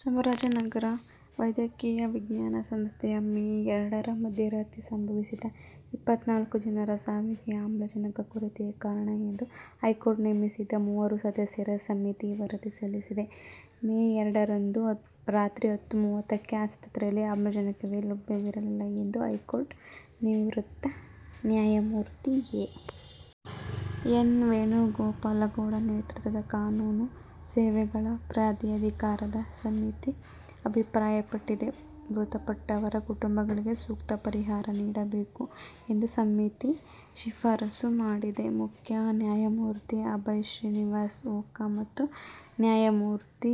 ಚಾಮರಾಜನಗರ ವೈದ್ಯಕೀಯ ವಿಜ್ಞಾನ ಸಂಸ್ಥೆಯಲ್ಲಿ ಮೇ ಎರಡರ ಮಧ್ಯರಾತ್ರಿ ಸಂಭವಿಸಿದ ಇಪ್ಪತ್ತ ನಾಲ್ಕು ಜನರ ಸಾವಿಗೆ ಆಮ್ಲಜನಕ ಕೊರತೆಯೇ ಕಾರಣ ಎಂದು ಹೈಕೋರ್ಟ್ ನೇಮಿಸಿದ್ದ ಮೂವರು ಸದಸ್ಯರ ಸಮಿತಿ ವರದಿ ಸಲ್ಲಿಸಿದೆ. ಮೇ ಎರಡರಂದು ರಾತ್ರಿ ಹತ್ತು ಮೂವತ್ತಕ್ಕೆ ಆಸ್ಪತ್ರೆಯಲ್ಲಿ ಆಮ್ಲಜನಕವೇ ಲಭ್ಯವಿರಲಿಲ್ಲ' ಎಂದು ಹೈಕೋರ್ಟ್ ನಿವೃತ್ತ ನ್ಯಾಯಮೂರ್ತಿ ಎ. ಎನ್. ವೇಣುಗೋಪಾಲಗೌಡ ನೇತೃತ್ವದ ಕಾನೂನು ಸೇವೆಗಳ ಪ್ರಾಧಿಕಾರದ ಸಮಿತಿ ಅಭಿಪ್ರಾಯಪಟ್ಟಿದೆ. ಮೃತಪಟ್ಟವರ ಕುಟುಂಬಗಳಿಗೆ ಸೂಕ್ತ ಪರಿಹಾರ ನೀಡಬೇಕು ಎಂದು ಸಮಿತಿ ಶಿಫಾರಸು ಮಾಡಿದೆ. ಮುಖ್ಯ ನ್ಯಾಯಮೂರ್ತಿ ಅಭಯ್ ಶ್ರೀನಿವಾಸ್ ಓಕಾ ಮತ್ತು ನ್ಯಾಯಮೂರ್ತಿ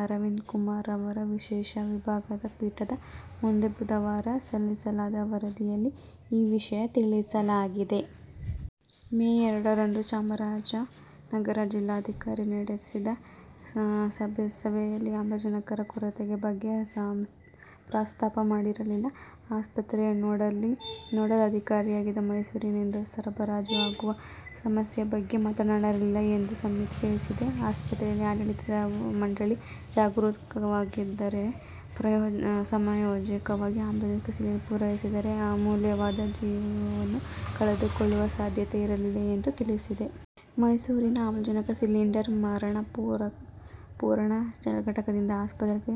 ಅರವಿಂದ್ ಕುಮಾರ್ ಅವರ ವಿಶೇಷ ವಿಭಾಗದ ಪೀಠದ ಮುಂದೆ ಬುಧವಾರ ಸಲ್ಲಿಸಲಾದ ವರದಿಯಲ್ಲಿ ಈ ವಿಷಯ ತಿಳಿಸಲಾಗಿದೆ. ಮೇ ಎರಡರಂದು ಚಾಮರಾಜನಗರ ಜಿಲ್ಲಾಧಿಕಾರಿ ನಡೆಸಿದ ಸಭೆಯಲ್ಲಿ ಆಮ್ಲಜನಕರ ಕೊರತೆ ಬಗ್ಗೆ ಪ್ರಸ್ತಾಪ ಮಾಡಿರಲಿಲ್ಲ, ಆಸ್ಪತ್ರೆಯ ನೋಡಲ್ ಅಧಿಕಾರಿಯಾಗಲಿ ಮೈಸೂರಿನಿಂದ ಸರಬರಾಜು ಆಗುವ ಸಮಸ್ಯೆ ಬಗ್ಗೆ ಮಾತನಾಡಿರಲಿಲ್ಲ ಎಂದು ಸಮಿತಿ ತಿಳಿಸಿದೆ. ಆಸ್ಪತ್ರೆಯ ಆಡಳಿತ ಮಂಡಳಿ ಜಾಗರೂಕವಾಗಿದಿದ್ದರೇ ಸಮಯೋಚಿತವಾಗಿ ಆಮ್ಲಜನಕ ಸಿಲಿಂಡರ್ ಪೂರೈಸಿದ್ದರೆ ಅಮೂಲ್ಯವಾದ ಜೀವಗಳನ್ನು ಕಳೆದುಕೊಳ್ಳುವ ಸಾಧ್ಯತೆ ಇರಲಿಲ್ಲ ಎಂದು ತಿಳಿಸಿದೆ. 'ಮೈಸೂರಿನಲ್ಲಿನ ಆಮ್ಲಜನಕ ಸಿಲಿಂಡರ್ ಮರುಪೂರಣ ಘಟಕದಿಂದ ಆಸ್ಪತ್ರೆಗೆ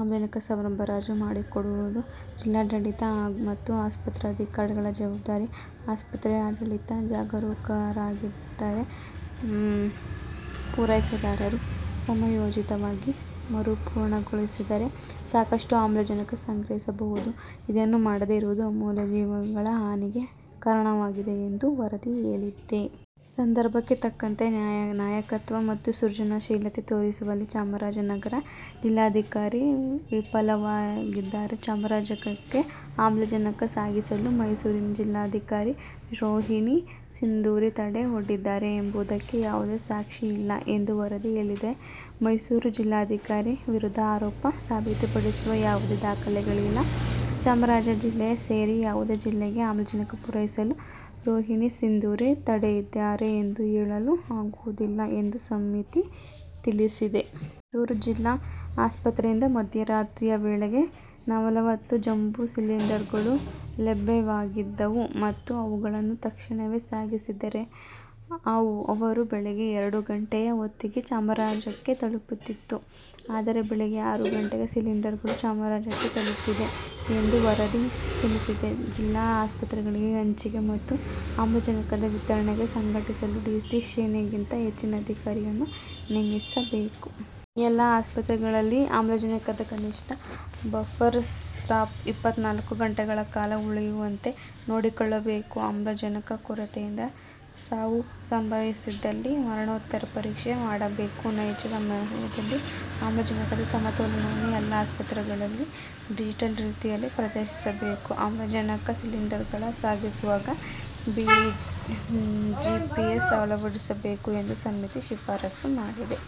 ಆಮ್ಲಜನಕ ಸರಬರಾಜು ಮಾಡಿಕೊಳ್ಳುವುದು ಜಿಲ್ಲಾಡಳಿತ ಮತ್ತು ಆಸ್ಪತ್ರೆ ಅಧಿಕಾರಿಗಳ ಜವಾಬ್ದಾರಿ. ಆಸ್ಪತ್ರೆಯ ಆಡಳಿತ ಜಾಗರೂಕರಾಗಿದ್ದರೆ, ಪೂರೈಕೆದಾರರು ಸಮಯೋಚಿತವಾಗಿ ಮರುಪೂರಣಗೊಳಿಸಿದ್ದರೆ ಸಾಕಷ್ಟು ಆಮ್ಲಜನಕ ಸಂಗ್ರಹಿಸಬಹುದಿತ್ತು. ಅದನ್ನು ಮಾಡದೆ ಇರುವುದು ಅಮೂಲ್ಯ ಜೀವಗಳ ಹಾನಿಗೆ ಕಾರಣವಾಗಿದೆ' ಎಂದು ವರದಿ ಹೇಳಿದೆ. 'ಸಂದರ್ಭಕ್ಕೆ ತಕ್ಕಂತೆ ನಾಯಕತ್ವ ಮತ್ತು ಕ್ರಿಯಾಶೀಲತೆ ತೋರಿಸುವಲ್ಲಿ ಚಾಮರಾಜನಗರ ಜಿಲ್ಲಾಧಿಕಾರಿ ವಿಫಲವಾಗಿದ್ದಾರೆ. ಚಾಮರಾಜನಗರಕ್ಕೆ ಆಮ್ಲಜನಕ ಸಾಗಿಸಲು ಮೈಸೂರು ಜಿಲ್ಲಾಧಿಕಾರಿ ರೋಹಿಣಿ ಸಿಂಧೂರಿ ತಡೆ ಒಡ್ಡಿದ್ದಾರೆ ಎಂಬುದಕ್ಕೆ ಯಾವುದೇ ಸಾಕ್ಷ್ಯ ಇಲ್ಲ' ಎಂದು ವರದಿ ಹೇಳಿದೆ. ಮೈಸೂರು ಜಿಲ್ಲಾಧಿಕಾರಿ ವಿರುದ್ಧ ಆರೋಪ ಸಾಬೀತುಪಡಿಸುವ ಯಾವುದೇ ದಾಖಲೆಗಳಿಲ್ಲ. ಚಾಮರಾಜನಗರ ಜಿಲ್ಲೆ ಸೇರಿ ಯಾವುದೇ ಜಿಲ್ಲೆಗೆ ಆಮ್ಲಜನಕ ಪೂರೈಸಲು ರೋಹಿಣಿ ಸಿಂಧೂರಿ ತಡೆದಿದ್ದಾರೆ ಎಂದು ಹೇಳಲು ಆಗುವುದಿಲ್ಲ ಎಂದು ಸಮಿತಿ ತಿಳಿಸಿದೆ. ಮೈಸೂರು ಜಿಲ್ಲಾ ಆಸ್ಪತ್ರೆಯಿಂದ ಮಧ್ಯರಾತ್ರಿಯ ವೇಳೆಗೆ ನಲವತ್ತು ಜಂಬೋ ಸಿಲಿಂಡರ್ಗಳು ಲಭ್ಯವಾಗಿದ್ದವು ಮತ್ತು ಅವುಗಳನ್ನು ತಕ್ಷಣವೇ ಸಾಗಿಸಿದ್ದರೆ, ಅವರು ಬೆಳಿಗ್ಗೆ ಎರಡು ಗಂಟೆಯ ಹೊತ್ತಿಗೆ ಚಾಮರಾಜನಗರಕ್ಕೆ ತಲುಪುತ್ತಿತ್ತು. ಆದರೆ ಬೆಳಿಗ್ಗೆ ಆರು ಗಂಟೆಗೆ ಸಿಲಿಂಡರ್ಗಳು ಚಾಮರಾಜನಗರಕ್ಕೆ ತಲುಪಿದೆ ಎಂದು ವರದಿ ತಿಳಿಸಿದೆ. ಜಿಲ್ಲಾ ಆಸ್ಪತ್ರೆಗಳಿಗೆ ಹಂಚಿಕೆ ಮತ್ತು ಆಮ್ಲಜನಕದ ವಿತರಣೆಯನ್ನು ಸಂಘಟಿಸಲು ಡಿಸಿ ಶ್ರೇಣಿಗಿಂತ ಹೆಚ್ಚಿನ ಅಧಿಕಾರಿಯನ್ನು ನೇಮಿಸಬೇಕು. ಎಲ್ಲಾ ಆಸ್ಪತ್ರೆಗಳಲ್ಲಿ ಆಮ್ಲಜನಕದ ಕನಿಷ್ಠ ಬಫರ್ ಸ್ಟಾಕ್ ಇಪ್ಪತ್ತ ನಾಲ್ಕು ಗಂಟೆಗಳ ಕಾಲ ಉಳಿಯುವಂತೆ ನೋಡಿಕೊಳ್ಳಬೇಕು. ಆಮ್ಲಜನಕ ಕೊರತೆಯಿಂದ ಸಾವು ಸಂಭವಿಸಿದಲ್ಲಿ ಮರಣೋತ್ತರ ಪರೀಕ್ಷೆ ಮಾಡಬೇಕು, ನೈಜ ಸಮಯದಲ್ಲಿ ಆಮ್ಲಜನಕದ ಸಮತೋಲನವನ್ನು ಎಲ್ಲಾ ಆಸ್ಪತ್ರೆಗಳಲ್ಲಿ ಡಿಜಿಟಲ್ ರೀತಿಯಲ್ಲಿ ಪ್ರದರ್ಶಿಸಬೇಕು. ಆಮ್ಲಜನಕ ಸಿಲಿಂಡರ್ಗಳನ್ನು ಸಾಗಿಸುವಾಗ ಜಿಪಿಎಸ್ ಅಳವಡಿಸಬೇಕು ಎಂದು ಸಮಿತಿ ಶಿಫಾರಸು ಮಾಡಿದೆ.